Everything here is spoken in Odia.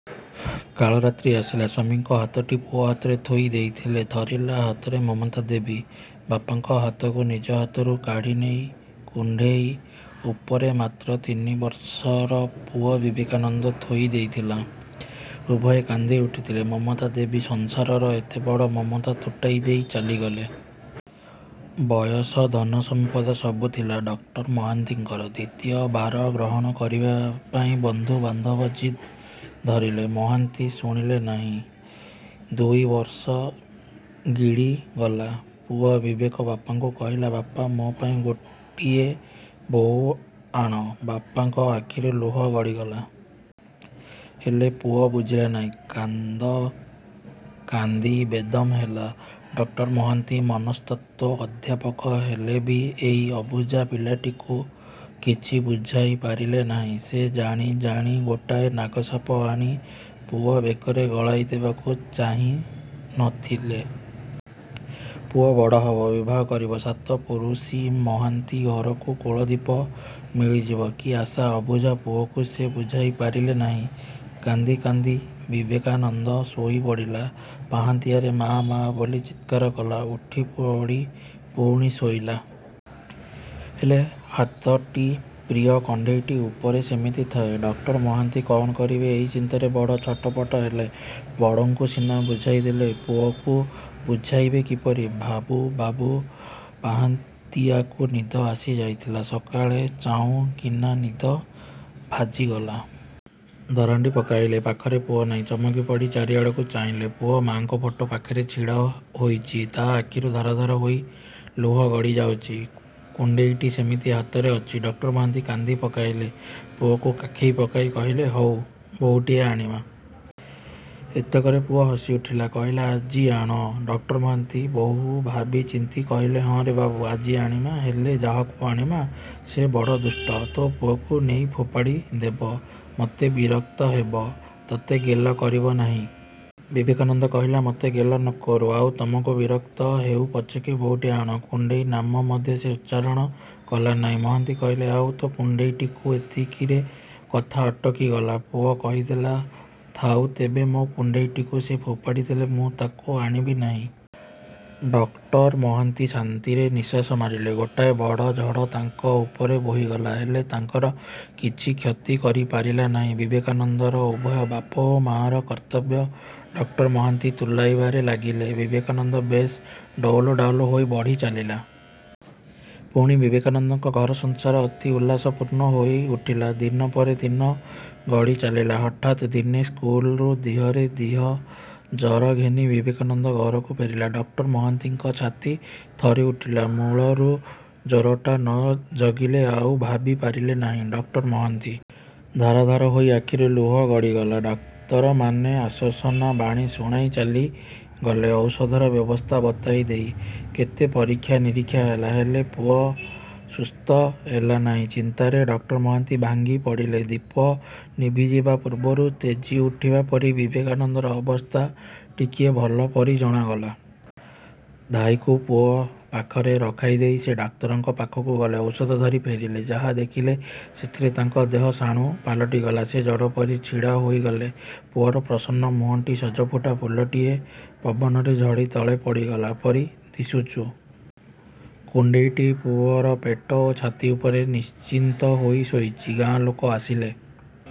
କାଳରାତ୍ରି ଆସିଲା। ସ୍ୱାମୀଙ୍କ ହାତଟି ପୁଅ ହାତରେ ଥୋଇ ଦେଇଥିଲେ ଥରିଲା ହାତରେ ମମତାଦେବୀ। ବାପାଙ୍କ ହାତକୁ ନିଜ ହାତରୁ କାଢ଼ି ନେଇ କୁଣ୍ତେଇ ଉପରେ ମାତ୍ର ତିନିବର୍ଷର ପୁଅ ବିବେକାନନ୍ଦ ଥୋଇ ଦେଇଥିଲା। ଉଭୟେ କାନ୍ଦି ଉଠିଥିଲେ, ମମତା ଦେବୀ ସଂସାରର ଏତେ ବଡ଼ ମମତା ତୁଟାଇ ଦେଇ ଚାଲିଗଲେ। ବୟସ, ଧନସମ୍ପଦ ସବୁ ଥିଲା ଡକ୍ଟର ମହାନ୍ତିଙ୍କର। ଦ୍ୱିତୀୟ ବାର ଗ୍ରହଣ ପାଇଁ ବନ୍ଧୁବାନ୍ଧବ ଜିଦ୍ ଧରିଲେ। ମହାନ୍ତି ଶୁଣିଲେ ନାହିଁ। ଦୁଇ ତିନି ବର୍ଷ ଗିଡ଼ିଗଲା। ପୁଅ ବିବେକ ବାପାଙ୍କୁ କହିଥିଲା-ବାପା, ମୋ ପାଇଁ ଗୋଟିଏ ବୋଉ ଆଣ। ବାପାଙ୍କ ଆଖିରୁ ଲୁହ ଗଡ଼ିଗଲା-। ହେଲେ ପୁଅ ବୁଝିଲା ନାହିଁ। କାନ୍ଦ କାନ୍ଦି ବେଦମ୍ ହେଲା। ଡକ୍ଟର ମହାନ୍ତି ମନସ୍ତତ୍ତ୍ୱ ଅଧ୍ୟାପକ ହେଲେ ବି ଏଇ ଅବୁଝା ପିଲାଟିକୁ କିଛି ବୁଝାଇ ପାରିଲେ ନାହିଁ। ସେ ଜାଣି ଜାଣି ଗୋଟାଏ ନାଗସାପ ଆଣି ପୁଅ ବେକରେ ଗଳାଇ ଦେବାକୁ ଚାହିଁ ନ ଥିଲେ। ପୁଅ ବଡ଼ ହବ, ବିବାହ କରିବ-। ସାତ ପୁରୁଷି ମହାନ୍ତି ଘରକୁ କୁଳ ଦୀପ ମିଳିଯିବ। କି ଆଶା? ଅବୁଝା ପୁଅକୁ ସେ ବୁଝାଇ ପାରିଲେ ନାହିଁ। କାନ୍ଦି କାନ୍ଦି ବିବେକାନନ୍ଦ ଶୋଇ ପଡ଼ିଲା-। ପାହାନ୍ତିଆରେ ମା'ମା' ବୋଲ ଚିତ୍କାର କଲା। ଉଠି ପଡ଼ି ପୁଣି ଶୋଇଲା। ହେଲେ, ହାତଟି ପ୍ରିୟ କଣ୍ତେଇଟି ଉପରେ ସେମିତି ଥାଏ। ଡକ୍ଟର ମହାନ୍ତି କ'ଣ କରିବେ, ଏଇ ଚିନ୍ତାରେ ବଡ଼ ଛଟପଟ ହେଲେ। ବଡ଼ଙ୍କୁ ସିନା ବୁଝାଇ ଦେଲେ, ପୁଅକୁ ବୁଝାଇବେ କିପରି? ଭାବୁ ଭାବୁ ପାହାନ୍ତିଆକୁ ନିଦ ଆସି ଯାଇଥିଲା। ସକାଳେ ଚାଉଁ କିନା ନିଦ ଭାଜିଗଲା। ଦରାଣ୍ତି ପକାଇଲେ, ପାଖରେ ପୁଅ ନାହିଁ। ଚମକି ପଡ଼ି ଚାରିଆଡ଼କୁ ଚାହିଁଲେ। ପୁଅ ମାଆଙ୍କ ଫଟୋ ପାଖରେ ଛିଡ଼ା ହୋଇଚି। ତା ଆଖିରୁ ଧାର ଧାର ହୋଇ ଲୁହ ଗଡ଼ିଯାଉଚି। କୁଣ୍ତେଇଟି ସେମିତି ହାତରେ ଅଛି। ଡକ୍ଟର ମହାନ୍ତି କାନ୍ଦି ପକାଇଲେ। ପୁଅକୁ କାଖେଇ ପକାଇ କହିଲେ-ହଉ ବୋଉଟିଏ ଆଣିବା। ଏଇତକରେ ପୁଅ ହସିଉଠିଲା। କହିଲା-ଆଜି ଆଣ। ଡକ୍ଟର ମହାନ୍ତି ବହୁ ଭାବି ଚିନ୍ତି କହିଲେ-ହଁ ରେ ବାବୁ, ଆଜି ଆଣିବା। ହେଲେ ଯାହାକୁ ଆଣିବା, ସେ ବଡ଼ ଦୁଷ୍ଟ। ତୋ ପୁଅକୁ ନେଇ ଫୋପାଡ଼ି ଦେବ। ମତେ ବିରକ୍ତ ହେବ। ତତେ ଗେଲ କରିବ ନାହିଁ। ବିବେକାନନ୍ଦ କହିଲା-ମତେ ଗେଲ ନ କରୁ, ଆଉ ତୁମକୁ ବିରକ୍ତ ହେଉ ପଛକେ, ବୋଉଟିଏ ଆଣ। କୁଣ୍ତେଇ ନାମ ମଧ୍ୟ ସେ ଉଚ୍ଚାରଣ କଲା ନାହିଁ। ମହାନ୍ତି କହିଲେ-ଆଉ ତୋ କୁଣ୍ତେଇଟିକୁ ଏତିକିରେ କଥା ଅଟକି ଗଲା, ପୁଅ କହିଦେଲା-ଥାଉ ତେବେ। ମୋ କୁଣ୍ଡେଇଟିକୁ ସେ ଫୋପାଡ଼ି ଦେଲେ ମୁଁ ତାକୁ ଆଣିବି ନାହିଁ। ଡକ୍ଟର। ମହାନ୍ତି ଶାନ୍ତିରେ ନିଶ୍ୱାସ ମାରିଲେ। ଗୋଟାଏ ବଡ଼ ଝଡ଼ ତାଙ୍କ ଉପରେ ବୋହିଗଲା, ହେଲେ ତାଙ୍କର କିଛି କ୍ଷତି କରି ପାରିଲା ନାହିଁ। ବିବେକାନନ୍ଦର ଉଭୟ ବାପ ଓ ମା'ର କର୍ତ୍ତବ୍ୟ ଡକ୍ଟର ମହାନ୍ତି ତୁଲାଇବାରେ ଲାଗିଲେ। ବିବେକାନନ୍ଦ ବେଶ୍ ଡଉଲ ଡାଉଲ ହୋଇ ବଢ଼ି ଚାଲିଲା। ପୁଣି ବିବେକାନନ୍ଦଙ୍କ ଘର ସଂସାର ଅତି ଉଲ୍ଲାସପୂର୍ଣ୍ଣ ହୋଇ ଉଠିଲା। ଦିନ ପରେ ଦିନ ଗଡ଼ିଚାଲିଲା। ହଠାତ୍ ଦିନେ ସ୍କୁଲରୁ ଦିହରେ ଦିହ ଜ୍ୱର ଘେନି ବିବେକାନନ୍ଦ ଘରକୁ ଫେରିଲା। ଡକ୍ଟର ମହାନ୍ତିଙ୍କ ଛାତି ଥରିଉଠିଲା। ମୂଳରୁ ଜ୍ୱରଟାକୁ ନ ଜଗିଲେ-ଆଉ ଭାବି ପାରିଲେ ନାହିଁ ଡକ୍ଟର ମହାନ୍ତି। ଧାର ଧାର ହୋଇ ତାଙ୍କ ଆଖିରୁ ଲୁହ ଗଡ଼ିଗଲା। ଡାକ୍ତରମାନେ ଆଶ୍ୱାସନା ବାଣୀ ଶୁଣାଇ ଚାଲିଗଲେ, ଔଷଧର ବ୍ୟବସ୍ଥା ବତାଇ ଦେଇ। କେତେ ପରୀକ୍ଷା ନିରୀକ୍ଷା ହେଲା, ହେଲେ ପୁଅ ସୁସ୍ଥ ହେଲାନାହିଁ। ଚିନ୍ତାରେ ଡକ୍ଟର ମହାନ୍ତି ଭାଙ୍ଗି ପଡ଼ିଲେ। ଦୀପ ନିଭିଯିବା ପୂର୍ବରୁ ତେଜି ଉଠିବା ପରି ବିବେକନନ୍ଦର ଅବସ୍ଥା ଟିକିଏ ଭଲ ପରି ଜଣାଗଲା। ଧାଈକୁ ପୁଅ ପାଖରେ ରଖାଇ ଦେଇ ସେ ଡାକ୍ତରଙ୍କ ପାଖକୁ ଗଲେ। ଔଷଧ ଧରି ଫେରିଲେ। ଯାହା ଦେଖିଲେ, ସେଥିରେ ତାଙ୍କର ଦେହ ସ୍ଥାଣୁ ପାଲଟିଗଲା। ସେ ଜଡ଼ ପରି ଛିଡ଼ା ହୋଇଗଲେ। ପୁଅର ପ୍ରସନ୍ନ ମୁହଁଟି ସଜଫୁଟା ଫୁଲଟିଏ ପବନରେ ଝଡ଼ି ତଳେ ପଡ଼ିଗଲା ପରି ଦିଶୁଚୁ। କୁଣ୍ଢେଇଟି ପୁଅର ପେଟ ଓ ଛାତି ଉପରେ ନିଶ୍ଚିନ୍ତ ହୋଇ ଶୋଇଚି। ଗାଁ ଲୋକେ ଆସିଲେ।